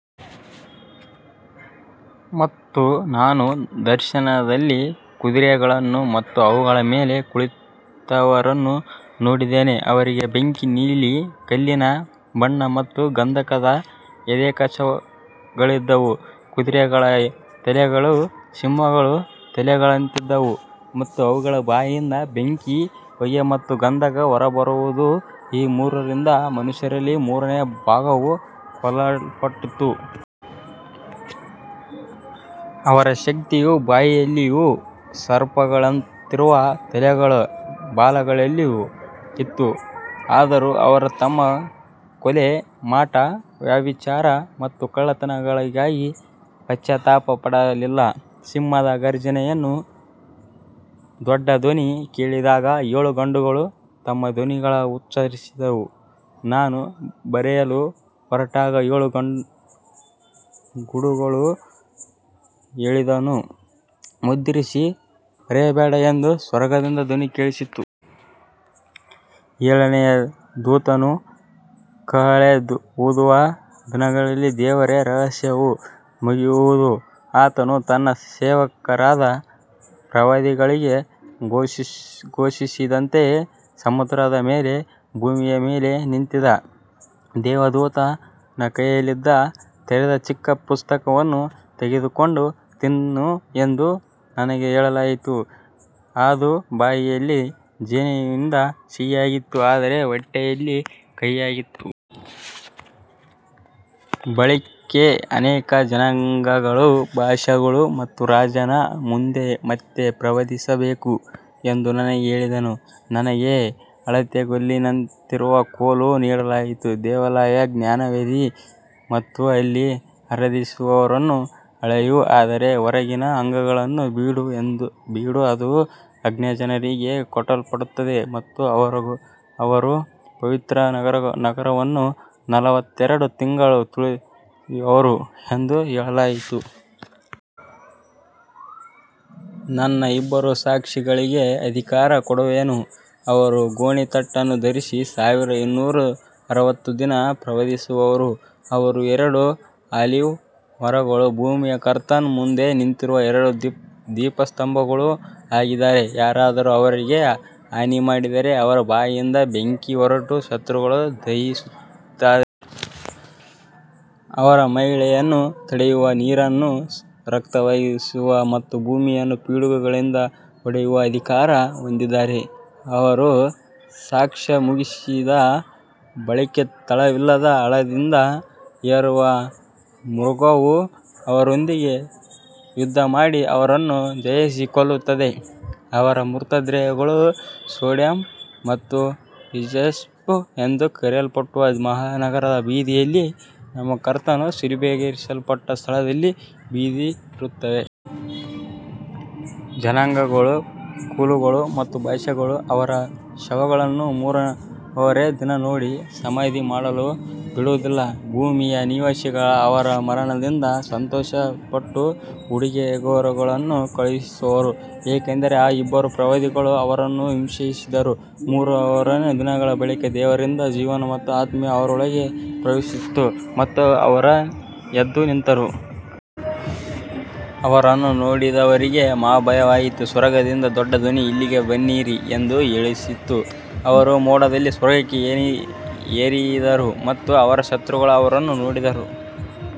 ಮತ್ತು ನಾನು ದರ್ಶನದಲ್ಲಿ ಕುದುರೆಗಳನ್ನು ಮತ್ತು ಅವುಗಳ ಮೇಲೆ ಕುಳಿತವರನ್ನು ನೋಡಿದೆನು. ಅವರಿಗೆ ಬೆಂಕಿ, ನೀಲಿ ಕಲ್ಲಿನ ಬಣ್ಣ ಮತ್ತು ಗಂಧಕದ ಎದೆಕವಚಗಳಿದ್ದವು. ಕುದುರೆಗಳ ತಲೆಗಳು ಸಿಂಹಗಳ ತಲೆಗಳಂತಿದ್ದವು ಮತ್ತು ಅವುಗಳ ಬಾಯಿಂದ ಬೆಂಕಿ, ಹೊಗೆ ಮತ್ತು ಗಂಧಕ ಹೊರಬಂದವು. ಈ ಮೂರರಿಂದ ಮನುಷ್ಯರಲ್ಲಿ ಮೂರನೇ ಭಾಗವು ಕೊಲ್ಲಲ್ಪಟ್ಟಿತು. ಅವರ ಶಕ್ತಿಯು ಬಾಯಲ್ಲಿಯೂ ಸರ್ಪಗಳಂತಿರುವ ತಲೆಗಳ ಬಾಲಗಳಲ್ಲಿಯೂ ಇತ್ತು. ಆದರೂ ಅವರು ತಮ್ಮ ಕೊಲೆ, ಮಾಟ, ವ್ಯಭಿಚಾರ ಮತ್ತು ಕಳ್ಳತನಗಳಿಗಾಗಿ ಪಶ್ಚಾತ್ತಾಪಪಡಲಿಲ್ಲ. ಸಿಂಹದ ಘರ್ಜನೆಯಂತೆ ದೊಡ್ಡ ಧ್ವನಿ ಕೇಳಿದಾಗ ಏಳು ಗುಡುಗುಗಳು ತಮ್ಮ ಧ್ವನಿಗಳನ್ನು ಉಚ್ಚರಿಸಿದವು. ನಾನು ಬರೆಯಲು ಹೊರಟಾಗ, ಏಳು ಗುಡುಗುಗಳು ಹೇಳಿದ್ದನ್ನು ಮುದ್ರಿಸಿ ಬರೆಯಬೇಡ ಎಂದು ಸ್ವರ್ಗದಿಂದ ಧ್ವನಿ ಕೇಳಿಸಿತು. ಏಳನೆಯ ದೂತನು ಕಹಳೆ ಊದುವ ದಿನಗಳಲ್ಲಿ ದೇವರ ರಹಸ್ಯವು ಮುಗಿಯುವುದು, ಆತನು ತನ್ನ ಸೇವಕರಾದ ಪ್ರವಾದಿಗಳಿಗೆ ಘೋಷಿಸಿದಂತೆಯೇ. ಸಮುದ್ರದ ಮೇಲೂ ಭೂಮಿಯ ಮೇಲೂ ನಿಂತಿದ್ದ ದೇವದೂತನ ಕೈಯಲ್ಲಿದ್ದ ತೆರೆದ ಚಿಕ್ಕ ಪುಸ್ತಕವನ್ನು ತೆಗೆದುಕೊಂಡು ತಿನ್ನು ಎಂದು ನನಗೆ ಹೇಳಲಾಯಿತು. ಅದು ಬಾಯಲ್ಲಿ ಜೇನಿನಂತೆ ಸಿಹಿಯಾಗಿತ್ತು, ಆದರೆ ಹೊಟ್ಟೆಯಲ್ಲಿ ಕಹಿಯಾಯಿತು. ಬಳಿಕ ಅನೇಕ ಜನಾಂಗಗಳು, ಭಾಷೆಗಳು ಮತ್ತು ರಾಜರ ಮುಂದೆ ಮತ್ತೆ ಪ್ರವಾದಿಸಬೇಕು ಎಂದು ನನಗೆ ಹೇಳಿದನು. ನನಗೆ ಅಳತೆಗೋಲಿನಂತಿರುವ ಕೋಲು ನೀಡಲಾಯಿತು. ದೇವಾಲಯ, ಯಜ್ಞವೇದಿ ಮತ್ತು ಅಲ್ಲಿ ಆರಾಧಿಸುವವರನ್ನು ಅಳೆಯು, ಆದರೆ ಹೊರಗಿನ ಅಂಗಳವನ್ನು ಬಿಡು, ಅದು ಅನ್ಯಜನರಿಗೆ ಕೊಡಲ್ಪಟ್ಟಿದೆ ಮತ್ತು ಅವರು ಪವಿತ್ರ ನಗರವನ್ನು ನಲವತ್ತೆರಡು ತಿಂಗಳು ತುಳಿಯುವರು ಎಂದು ಹೇಳಲಾಯಿತು. ನನ್ನ ಇಬ್ಬರು ಸಾಕ್ಷಿಗಳಿಗೆ ಅಧಿಕಾರ ಕೊಡುವೆನು. ಅವರು ಗೋಣಿತಟ್ಟನ್ನು ಧರಿಸಿ ಸಾವಿರದ ಇನ್ನೂರ ಅರವತ್ತು ದಿನ ಪ್ರವಾದಿಸುವರು. ಅವರು ಎರಡು ಆಲಿವ್ ಮರಗಳೂ ಭೂಮಿಯ ಕರ್ತನ ಮುಂದೆ ನಿಂತಿರುವ ಎರಡು ದೀಪಸ್ತಂಭಗಳೂ ಆಗಿದ್ದಾರೆ. ಯಾರಾದರೂ ಅವರಿಗೆ ಹಾನಿಮಾಡಿದರೆ ಅವರ ಬಾಯಿಂದ ಬೆಂಕಿ ಹೊರಟು ಶತ್ರುಗಳನ್ನು ದಹಿಸುತ್ತದೆ. ಅವರು ಮಳೆಯನ್ನು ತಡೆಯುವ, ನೀರನ್ನು ರಕ್ತವಾಗಿಸುವ ಮತ್ತು ಭೂಮಿಯನ್ನು ಪಿಡುಗುಗಳಿಂದ ಹೊಡೆಯುವ ಅಧಿಕಾರ ಹೊಂದಿದ್ದಾರೆ. ಅವರು ಸಾಕ್ಷ್ಯ ಮುಗಿಸಿದ ಬಳಿಕ ತಳವಿಲ್ಲದ ಹಳ್ಳದಿಂದ ಏರುವ ಮೃಗವು ಅವರೊಂದಿಗೆ ಯುದ್ಧಮಾಡಿ ಅವರನ್ನು ಜಯಿಸಿ ಕೊಲ್ಲುತ್ತದೆ. ಅವರ ಮೃತದೇಹಗಳು ಸೊಡೊಮ್ ಮತ್ತು ಈಜಿಪ್ಟ್ ಎಂದು ಕರೆಯಲ್ಪಡುವ ಮಹಾನಗರದ ಬೀದಿಯಲ್ಲಿ, ನಮ್ಮ ಕರ್ತನು ಶಿಲುಬೆಗೇರಿಸಲ್ಪಟ್ಟ ಸ್ಥಳದಲ್ಲಿ, ಬಿದ್ದಿರುತ್ತವೆ. ಜನಾಂಗಗಳು, ಕುಲಗಳು ಮತ್ತು ಭಾಷೆಗಳು ಅವರ ಶವಗಳನ್ನು ಮೂರೂವರೆ ದಿನ ನೋಡಿ ಸಮಾಧಿ ಮಾಡಲು ಬಿಡುವುದಿಲ್ಲ. ಭೂಮಿಯ ನಿವಾಸಿಗಳು ಅವರ ಮರಣದಿಂದ ಸಂತೋಷಪಟ್ಟು ಉಡುಗೊರೆಗಳನ್ನು ಕಳುಹಿಸುವರು, ಏಕೆಂದರೆ ಆ ಇಬ್ಬರು ಪ್ರವಾದಿಗಳು ಅವರನ್ನು ಹಿಂಸಿಸಿದ್ದರು. ಮೂರೂವರೆ ದಿನಗಳ ಬಳಿಕ ದೇವರಿಂದ ಜೀವದ ಆತ್ಮವು ಅವರೊಳಗೆ ಪ್ರವೇಶಿಸಿತು ಮತ್ತು ಅವರು ಎದ್ದು ನಿಂತರು. ಅವರನ್ನು ನೋಡಿದವರಿಗೆ ಮಹಾಭಯವಾಯಿತು. ಸ್ವರ್ಗದಿಂದ ದೊಡ್ಡ ಧ್ವನಿ, ಇಲ್ಲಿಗೆ ಬನ್ನಿರಿ, ಎಂದು ಕೇಳಿಸಿತು. ಅವರು ಮೋಡದಲ್ಲಿ ಸ್ವರ್ಗಕ್ಕೆ ಏರಿದರು ಮತ್ತು ಅವರ ಶತ್ರುಗಳು ಅವರನ್ನು ನೋಡಿದರು.